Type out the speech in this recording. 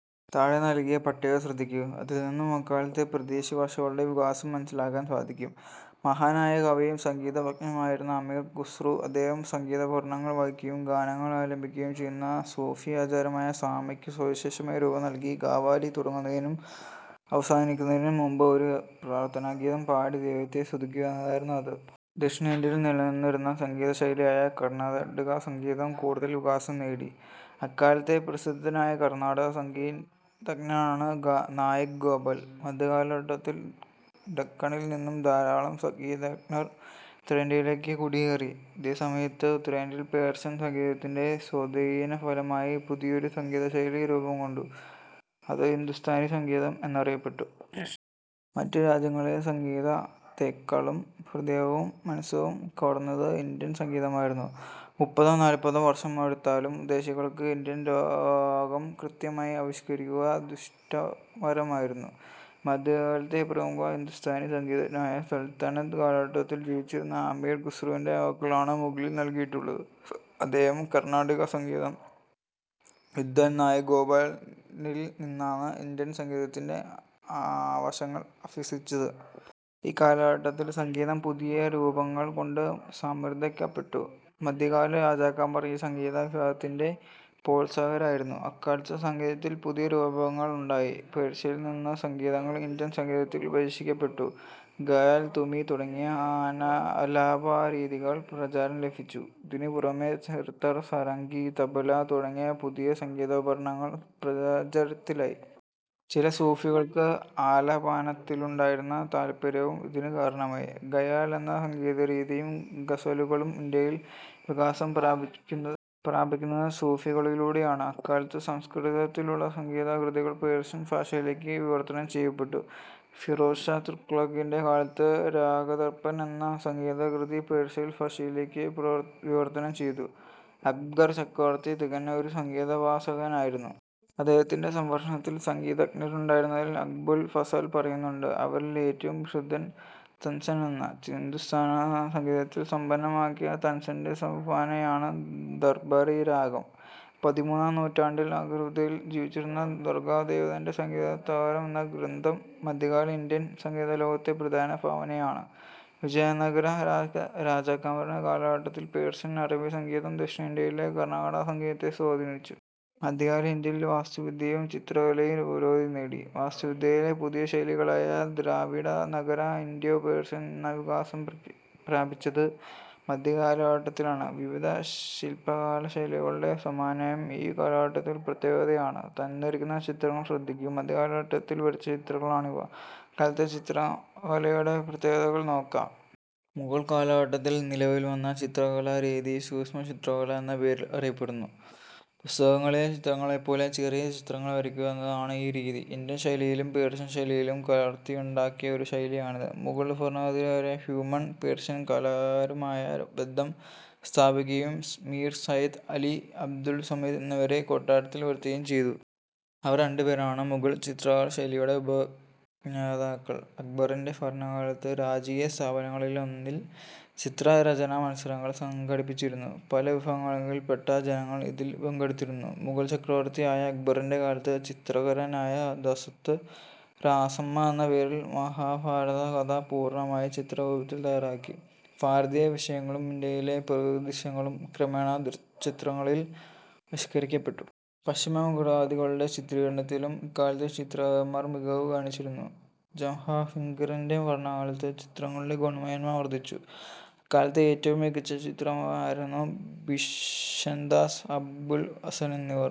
താഴെ നൽകിയ പട്ടിക ശ്രദ്ധിക്കൂ. അതിൽനിന്ന് അക്കാലത്തെ പ്രാദേശികഭാഷകളുടെ വികാസം മനസ്സിലാക്കാൻ സാധിക്കും. മഹാനായ കവിയും സംഗീതമജ്ഞനുമായിരുന്നു അമീർ ഖുസ്രു. അദ്ദേഹം സംഗീതോപകരണങ്ങൾ വായിക്കുകയും ഗാനങ്ങൾ ആലപിക്കുകയും ചെയ്യുന്ന സൂഫീ ആചാരമായ സാമയ്ക്ക് സവിശേഷമായ രൂപം നൽകി. ഖവാലി തുടങ്ങുന്നതിനും അവസാനിക്കുന്നതിനും മുമ്പ് ഒരു പ്രാർഥനാഗീതം പാടി ദൈവത്തെ സ്തുതിക്കുക എന്നതായിരുന്നു അത്. ദക്ഷിണേന്ത്യയിൽ നിലനിന്നിരുന്ന സംഗീതശൈലിയായ കർണാടകസംഗീതം കൂടുതൽ വികാസം നേടി. അക്കാലത്തെ പ്രസിദ്ധനായ കർണാടക സംഗീ തജ്ഞനാണ് നായിക് ഗോപാൽ. മധ്യകാലഘട്ടത്തിൽ ഡക്കാണിൽനിന്നു ധാരാളം സംഗീതജ്ഞർ ഉത്തരേന്ത്യയിലേക്ക് കുടിയേറി. ഇതേസമയത്ത് ഉത്തരേന്ത്യയിൽ പേർഷ്യൻ സംഗീതത്തിന്റെ സ്വാധീനഫലമായി പുതിയൊരു സംഗീതശൈലി രൂപം കൊണ്ടു. അത് ഹിന്ദുസ്ഥാനി സംഗീതം എന്നറിയപ്പെട്ടു. മറ്റു രാജ്യങ്ങളിലെ സംഗീതത്തേക്കാളും ഹൃദയവും മനസ്സും കവർന്നത് ഇന്ത്യൻ സംഗീതമായിരുന്നു. മുപ്പതോ നാൽപതോ വർഷമെടുത്താലും വിദേശികൾക്ക് ഇന്ത്യൻ രാഗം കൃത്യമായി ആവിഷ്കരിക്കുക ദുഷ്കരമായിരുന്നു. മധ്യകാലത്തെ പ്രമുഖ ഹിന്ദുസ്ഥാനി സംഗീതജ്ഞനായ സൽത്തനത്ത് കാലഘട്ടത്തിൽ ജീവിച്ചിരുന്ന അമീർ ഖുസ്രുവിന്റെ വാക്കുകളാണ് മുകളിൽ നൽകിയിട്ടുള്ളത്. അദ്ദേഹം കർണാടകസംഗീത വിദ്വാൻ നായിക് ഗോപാലിൽ നിന്നാണ് ഇന്ത്യൻ സംഗീതത്തിന്റെ വശങ്ങൾ അഭ്യസിച്ചത്. ഈ കാലഘട്ടത്തിൽ സംഗീതം പുതിയ രൂപങ്ങൾ കൊണ്ട് സമൃദ്ധമാക്കപ്പെട്ടു. മധ്യകാല രാജാക്കന്മാർ ഈ സംഗീതവിഭാഗത്തിന്റെ പ്രോത്സാഹകരായിരുന്നു. അക്കാലത്ത് സംഗീതത്തിൽ പുതിയ രൂപങ്ങൾ ഉണ്ടായി. പേർഷ്യയിൽനിന്നുള്ള സങ്കേതങ്ങൾ ഇന്ത്യൻ സംഗീതത്തിൽ പരീക്ഷിക്കപ്പെട്ടു. ഖയാൽ, തുമി തുടങ്ങിയ ആലാപനരീതികൾക്ക് പ്രചാരം ലഭിച്ചു. ഇതിനുപുറമെ സിത്താർ, സാരംഗി, തബല തുടങ്ങിയ പുതിയ സംഗീതോപകരണങ്ങൾ പ്രചാരത്തിലായി. ചില സൂഫികൾക്ക് ആലാപനത്തിലുണ്ടായിരുന്ന താൽപ്പര്യവും ഇതിന് കാരണമായി. ഖയാൽ എന്ന സംഗീതരീതിയും ഗസലുകളും ഇന്ത്യയിൽ വികാസം പ്രാപിക്കുന്നത് സൂഫികളിലൂടെയാണ്. അക്കാലത്ത് സംസ്കൃതത്തിലുള്ള സംഗീതകൃതികൾ പേർഷ്യൻ ഭാഷയിലേക്കു വിവർത്തനം ചെയ്യപ്പെട്ടു. ഫിറോസ് ഷാ തുഗ്ലക്കിന്റെ കാലത്ത് രാഗദർപ്പൺ എന്ന സംഗീതകൃതി പേർഷ്യൻ ഭാഷയിലേക്കു വിവർത്തനം ചെയ്തു. അക്ബർ ചക്രവർത്തി തികഞ്ഞ ഒരു സംഗീതോപാസകനായിരുന്നു. അദ്ദേഹത്തിന്റെ സംരക്ഷണത്തിൽ സംഗീതജ്ഞരുണ്ടായിരുന്നതായി അബുൽ ഫസൽ പറയുന്നുണ്ട്. അവരിൽ ഏറ്റവും പ്രസിദ്ധൻ താൻസെനാണ്. ഹിന്ദുസ്ഥാനിസംഗീതത്തെ സമ്പന്നമാക്കിയ താൻസെന്റെ സംഭാവനയാണ് ദർബാറി രാഗം. പതിമൂന്നാം നൂറ്റാണ്ടിന്റെ ആദ്യപകുതിയിൽ ജീവിച്ചിരുന്ന ശാർങ്ഗദേവന്റെ സംഗീതരത്നാകരം എന്ന ഗ്രന്ഥം മധ്യകാല ഇന്ത്യൻ സംഗീതലോകത്തെ പ്രധാന സംഭാവനയാണ്. വിജയനഗര രാജാക്കന്മാരുടെ കാലഘട്ടത്തിൽ പേർഷ്യൻ അറബി സംഗീതം ദക്ഷിണേന്ത്യയിലെ കർണാടകസംഗീതത്തെ സ്വാധീനിച്ചു. മധ്യകാല ഇന്ത്യയിൽ വാസ്തുവിദ്യയും ചിത്ര കലയും പുരോഗതി നേടി. വാസ്തുവിദ്യയിലെ പുതിയ ശൈലികളായ ദ്രാവിഡ, നാഗര, ഇന്തോ പേർഷ്യൻ എന്നിവ വികാസം പ്രാപിച്ചത് മധ്യകാലഘട്ടത്തിലാണ്. വിവിധ ശില്പകലാശൈലികളുടെ സമന്വയം ഈ കാലഘട്ടത്തിന്റെ പ്രത്യേകതയാണ്. തന്നിരിക്കുന്ന ചിത്രങ്ങൾ ശ്രദ്ധിക്കൂ. മധ്യകാലഘട്ടത്തിൽ വരച്ച ചിത്രങ്ങളാണിവ. അക്കാലത്തെ ചിത്രകലയുടെ പ്രത്യേകതകൾ നോക്കാം. മുഗൾ കാലഘട്ടത്തിൽ നിലവിൽ വന്ന ചിത്രകലാരീതി സൂക്ഷ്മചിത്രകല എന്ന പേരിൽ അറിയപ്പെടുന്നു. പുസ്തകങ്ങളിലെ ചിത്രങ്ങളെപ്പോലെ ചെറിയ ചിത്രങ്ങൾ വരയ്ക്കുക എന്നതാണ് ഈ രീതി. ഇന്ത്യൻ ശൈലിയും പേർഷ്യൻ ശൈലിയും കലർത്തിയുണ്ടാക്കിയ ഒരു ശൈലിയാണിത്. മുഗൾ ഭരണാധികാരിയായ ഹുമയൂൺ പേർഷ്യൻ കലാകാരന്മാരുമായി ബന്ധം സ്ഥാപിക്കുകയും മീർ സയ്യിദ് അലി, അബ്ദുസ്സമദ് എന്നിവരെ കൊട്ടാരത്തിൽ വരുത്തുകയും ചെയ്തു. അവർ രണ്ടുപേരുമാണ് മുഗൾ ചിത്രകലാശൈലിയുടെ ഉപജ്ഞാതാക്കൾ. അക്ബറിന്റെ ഭരണകാലത്ത് രാജകീയസ്ഥാപനങ്ങളിലൊന്നിൽ ചിത്ര രചനാമത്സരങ്ങൾ സംഘടിപ്പിച്ചിരുന്നു. പല വിഭാഗങ്ങളിൽപ്പെട്ട ജനങ്ങൾ ഇതിൽ പങ്കെടുത്തിരുന്നു. മുഗൾ ചക്രവർത്തിയായ അക്ബറിന്റെ കാലത്ത് ചിത്രകാരനായ ദസ്വന്ത് രാസാമ എന്ന പേരിൽ മഹാഭാരതകഥ പൂർണമായി ചിത്ര രൂപത്തിൽ തയാറാക്കി. ഭാരതീയ വിഷയങ്ങളും ഇന്ത്യയിലെ പ്രകൃതിദൃശ്യങ്ങളും ക്രമേണ ചിത്രങ്ങളിൽ ആവിഷ്കരിക്കപ്പെട്ടു. പക്ഷിമൃഗാദികളുടെ ചിത്രീകരണത്തിലും ഇക്കാലത്തെ ചിത്രകാരന്മാർ മികവു കാണിച്ചിരുന്നു. ജഹാംഗീറിന്റെ ഭരണകാലത്ത് ചിത്രങ്ങളുടെ ഗുണമേന്മ വർധിച്ചു. അക്കാലത്തെ ഏറ്റവും മികച്ച ചിത്രകാരന്മാരായിരുന്നു ബിഷൻദാസ്, അബുൽ ഹസൻ എന്നിവർ.